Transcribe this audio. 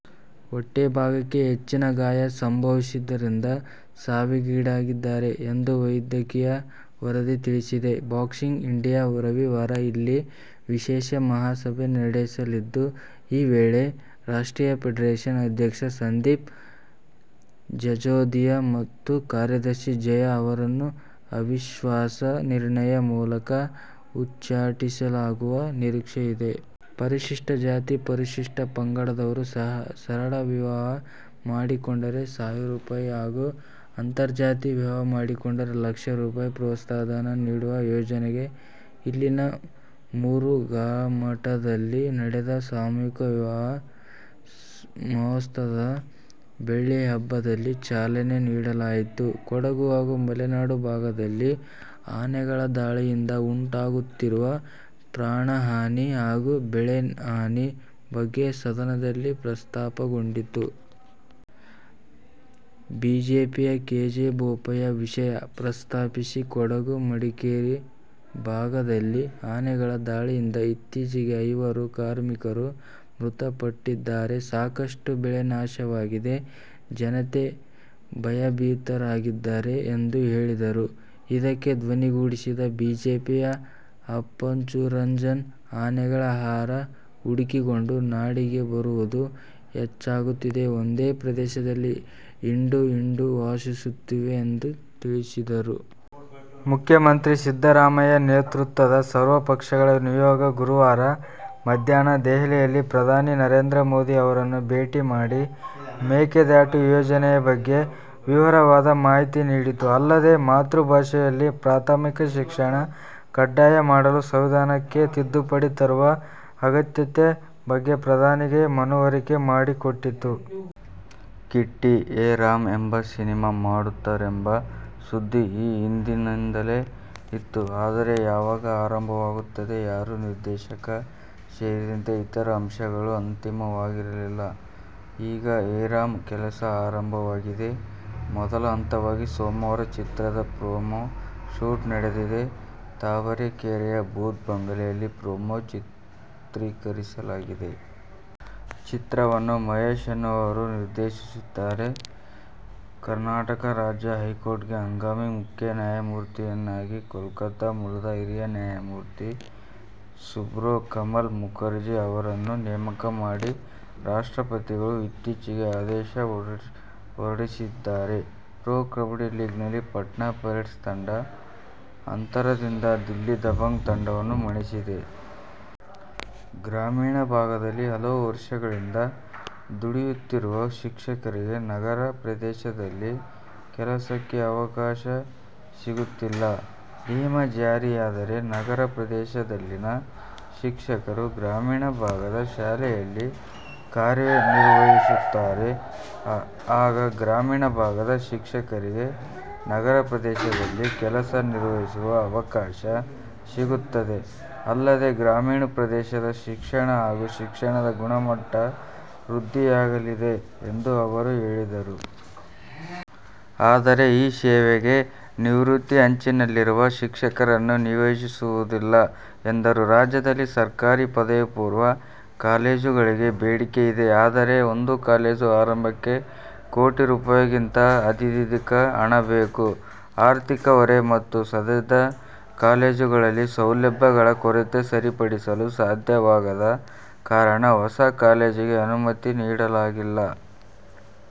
ಹೊಟ್ಟೆ ಭಾಗಕ್ಕೆ ಹೆಚ್ಚಿನ ಗಾಯ ಸಂಭವಿಸಿದ್ದರಿಂದ ಸಾವಿಗೀಡಾಗಿದ್ದಾರೆ ಎಂದು ವೈದ್ಯಕೀಯ ವರದಿ ತಿಳಿಸಿದೆ. ಬಾಕ್ಸಿಂಗ್ ಇಂಡಿಯಾ ರವಿವಾರ ಇಲ್ಲಿ ವಿಶೇಷ ಮಹಾಸಭೆ ನಡೆಸಲಿದ್ದು ಈ ವೇಳೆ ರಾಷ್ಟ್ರೀಯ ಫೆಡರೇಶನ್ ಅಧ್ಯಕ್ಷ ಸಂದೀಪ್ ಜಜೋದಿಯ ಮತ್ತು ಕಾರ್ಯದರ್ಶಿ ಜಯ್ ಅವರನ್ನು ಅವಿಶ್ವಾಸ ನಿರ್ಣಯ ಮೂಲಕ ಉಚ್ಚಾಟಿಸಲಾಗುವ ನಿರೀಕ್ಷೆಯಿದೆ. ಪರಿಶಿಷ್ಟ ಜಾತಿ ಮತ್ತು ಪರಿಶಿಷ್ಟ ಪಂಗಡದವರು ಸರಳ ವಿವಾಹ ಮಾಡಿಕೊಂಡರೆ ಸಾವಿರ ರೂ. ಹಾಗೂ ಅಂತರ್ಜಾತಿ ವಿವಾಹ ಮಾಡಿಕೊಂಡರೆ ಲಕ್ಷ ರೂ. ಪ್ರೋತ್ಸಾಹಧನ ನೀಡುವ ಯೋಜನೆಗೆ ಇಲ್ಲಿನ ಮುರುಘಾಮಠದಲ್ಲಿ ನಡೆದ ಸಾಮೂಹಿಕ ವಿವಾಹ ಮಹೋತ್ಸವದ ಬೆಳ್ಳಿಹಬ್ಬದಲ್ಲಿ ಚಾಲನೆ ನೀಡಲಾಯಿತು. ಕೊಡಗು ಹಾಗೂ ಮಲೆನಾಡು ಭಾಗದಲ್ಲಿ ಆನೆಗಳ ದಾಳಿಯಿಂದ ಉಂಟಾಗುತ್ತಿರುವ ಪ್ರಾಣ ಹಾನಿ ಹಾಗೂ ಬೆಳೆ ಹಾನಿ ಬಗ್ಗೆ ಸದನದಲ್ಲಿ ಪ್ರಸ್ತಾಪಗೊಂಡಿತು. ಬಿಜೆಪಿಯ ಕೆ. ಜೆ. ಬೋಪಯ್ಯ ವಿಷಯ ಪ್ರಸ್ತಾಪಿಸಿ, ಕೊಡಗು-ಮಡಿಕೇರಿ ಭಾಗದಲ್ಲಿ ಆನೆಗಳ ದಾಳಿಯಿಂದ ಇತ್ತೀಚೆಗೆ ಐವರು ಕಾರ್ಮಿಕರು ಮೃತ ಪಟ್ಟಿದ್ದಾರೆ. ಸಾಕಷ್ಟು ಬೆಳೆ ನಾಶವಾಗಿದೆ. ಜನತೆ ಭಯಭೀತರಾಗಿದ್ದಾರೆ ಎಂದು ಹೇಳಿದರು. ಇದಕ್ಕೆ ಧ್ವನಿಗೂಡಿಸಿದ ಬಿಜೆಪಿಯ ಅಪ್ಪಚ್ಚುರಂಜನ್, ಆನೆಗಳು ಆಹಾರ ಹುಡುಕಿಕೊಂಡು ನಾಡಿಗೆ ಬರುವುದು ಹೆಚ್ಚಾಗುತ್ತಿದೆ. ಒಂದೇ ಪ್ರದೇಶದಲ್ಲಿ ಹಿಂಡು ಹಿಂಡು ವಾಸಿಸುತ್ತಿವೆ ಎಂದು ತಿಳಿಸಿದರು. ಮುಖ್ಯಮಂತ್ರಿ ಸಿದ್ಧರಾಮಯ್ಯ ನೇತೃತ್ವದ ಸರ್ವಪಕ್ಷಗಳ ನಿಯೋಗ ಗುರುವಾರ ಮಧ್ಯಾಹ್ನ ದೆಹಲಿಯಲ್ಲಿ ಪ್ರಧಾನಿ ನರೇಂದ್ರ ಮೋದಿ ಅವರನ್ನು ಭೇಟಿ ಮಾಡಿ ಮೇಕೆದಾಟು ಯೋಜನೆಯ ಬಗ್ಗೆ ವಿವರವಾದ ಮಾಹಿತಿ ನೀಡಿತು. ಅಲ್ಲದೆ, ಮಾತೃಭಾಷೆಯಲ್ಲೇ ಪ್ರಾಥಮಿಕ ಶಿಕ್ಷಣ ಕಡ್ಡಾಯ ಮಾಡಲು ಸಂವಿಧಾನಕ್ಕೆ ತಿದ್ದುಪಡಿ ತರುವ ಅಗತ್ಯತೆ ಬಗ್ಗೆ ಪ್ರಧಾನಿಗೆ ಮನವರಿಕೆ ಮಾಡಿಕೊಟ್ಟಿತು. ಕಿಟ್ಟಿ "ಏ ರಾಮ್' ಎಂಬ ಸಿನಿಮಾ ಮಾಡುತ್ತಾರೆಂಬ ಸುದ್ದಿ ಈ ಹಿಂದಿನಿಂದಲೇ ಇತ್ತು. ಆದರೆ, ಯಾವಾಗ ಆರಂಭವಾಗುತ್ತದೆ, ಯಾರು ನಿರ್ದೇಶಕ ಸೇರಿದಂತೆ ಇತರ ಅಂಶಗಳು ಅಂತಿಮವಾಗಿರಲಿಲ್ಲ. ಈಗ "ಏ ರಾಮ್' ಕೆಲಸ ಆರಂಭವಾಗಿದೆ. ಮೊದಲ ಹಂತವಾಗಿ ಸೋಮವಾರ ಚಿತ್ರದ ಪ್ರೊಮೋ ಶೂಟ್ ನಡೆದಿದೆ. ತಾವರೆಕೆರೆಯ ಭೂತ ಬಂಗಲೆಯಲ್ಲಿ ಪ್ರೊಮೋ ಚಿತ್ರೀಕರಿಸಲಾಗಿದೆ. ಚಿತ್ರವನ್ನು ಮಹೇಶ್ ಎನ್ನುವವರು ನಿರ್ದೇಶಿಸುತ್ತಿದ್ದಾರೆ. ಕರ್ನಾಟಕ ರಾಜ್ಯ ಹೈಕೋರ್ಟ್ಗೆ ಹಂಗಾಮಿ ಮುಖ್ಯ ನ್ಯಾಯಮೂರ್ತಿಯನ್ನಾಗಿ ಕೋಲ್ಕತ್ತಾ ಮೂಲದ ಹಿರಿಯ ನ್ಯಾಯಮೂರ್ತಿ ಸುಬ್ರೋ ಕಮಲ್ ಮುಖರ್ಜಿ ಅವರನ್ನು ನೇಮಕ ಮಾಡಿ ರಾಷ್ಟ್ರಪತಿಗಳು ಇತ್ತೀಚೆಗೆ ಆದೇಶ ಹೊರಡಿಸಿದ್ದಾರೆ. ಪ್ರೊ ಕಬಡ್ಡಿ ಲೀಗ್ನಲ್ಲಿ ಪಾಟ್ನಾ ಪೈರೇಟ್ಸ್ ತಂಡ ಅಂತರದಿಂದ ದಿಲ್ಲಿ ದಬಾಂಗ್ ತಂಡವನ್ನು ಮಣಿಸಿದೆ. ಗ್ರಾಮೀಣ ಭಾಗದಲ್ಲಿ ಹಲವು ವರ್ಷಗಳಿಂದ ದುಡಿಯುತ್ತಿರುವ ಶಿಕ್ಷಕರಿಗೆ ನಗರ ಪ್ರದೇಶದಲ್ಲಿ ಕೆಲಸಕ್ಕೆ ಅವಕಾಶ ಸಿಗುತ್ತಿಲ್ಲ. ನಿಯಮ ಜಾರಿಯಾದರೆ ನಗರ ಪ್ರದೇಶದಲ್ಲಿನ ಶಿಕ್ಷಕರು ಗ್ರಾಮೀಣ ಭಾಗದ ಶಾಲೆಯಲ್ಲಿ ಕಾರ್ಯ ನಿರ್ವಹಿಸುತ್ತಾರೆ. ಆಗ ಗ್ರಾಮೀಣ ಭಾಗದ ಶಿಕ್ಷಕರಿಗೆ ನಗರ ಪ್ರದೇಶದಲ್ಲಿ ಕೆಲಸ ನಿರ್ವಹಿಸುವ ಅವಕಾಶ ಸಿಗುತ್ತದೆ. ಅಲ್ಲದೆ, ಗ್ರಾಮೀಣ ಪ್ರದೇಶದ ಶಿಕ್ಷಣ ಹಾಗೂ ಶಿಕ್ಷಣದ ಗುಣಮಟ್ಟ ವೃದ್ಧಿಯಾಗಲಿದೆ ಎಂದು ಅವರು ಹೇಳಿದರು. ಆದರೆ, ಈ ಸೇವೆಗೆ ನಿವೃತ್ತಿ ಅಂಚಿನಲ್ಲಿರುವ ಶಿಕ್ಷಕರನ್ನು ನಿಯೋಜಿಸುವುದಿಲ್ಲ ಎಂದರು. ರಾಜ್ಯದಲ್ಲಿ ಸರ್ಕಾರಿ ಪದವಿ ಪೂರ್ವ ಕಾಲೇಜುಗಳಿಗೆ ಬೇಡಿಕೆ ಇದೆ. ಆದರೆ, ಒಂದು ಕಾಲೇಜು ಆರಂಭಕ್ಕೆ ಕೋಟಿ ರೂ. ಗಿಂತ ಅಧಿಧಿಕ ಹಣ ಬೇಕು. ಆರ್ಥಿಕ ಹೊರೆ ಮತ್ತು ಸದ್ಯದ ಕಾಲೇಜುಗಳಲ್ಲಿ ಸೌಲಭ್ಯಗಳ ಕೊರತೆ ಸರಿಪಡಿಸಲು ಸಾಧ್ಯವಾಗದ ಕಾರಣ ಹೊಸ ಕಾಲೇಜಿಗೆ ಅನುಮತಿ ನೀಡಲಾಗಿಲ್ಲ.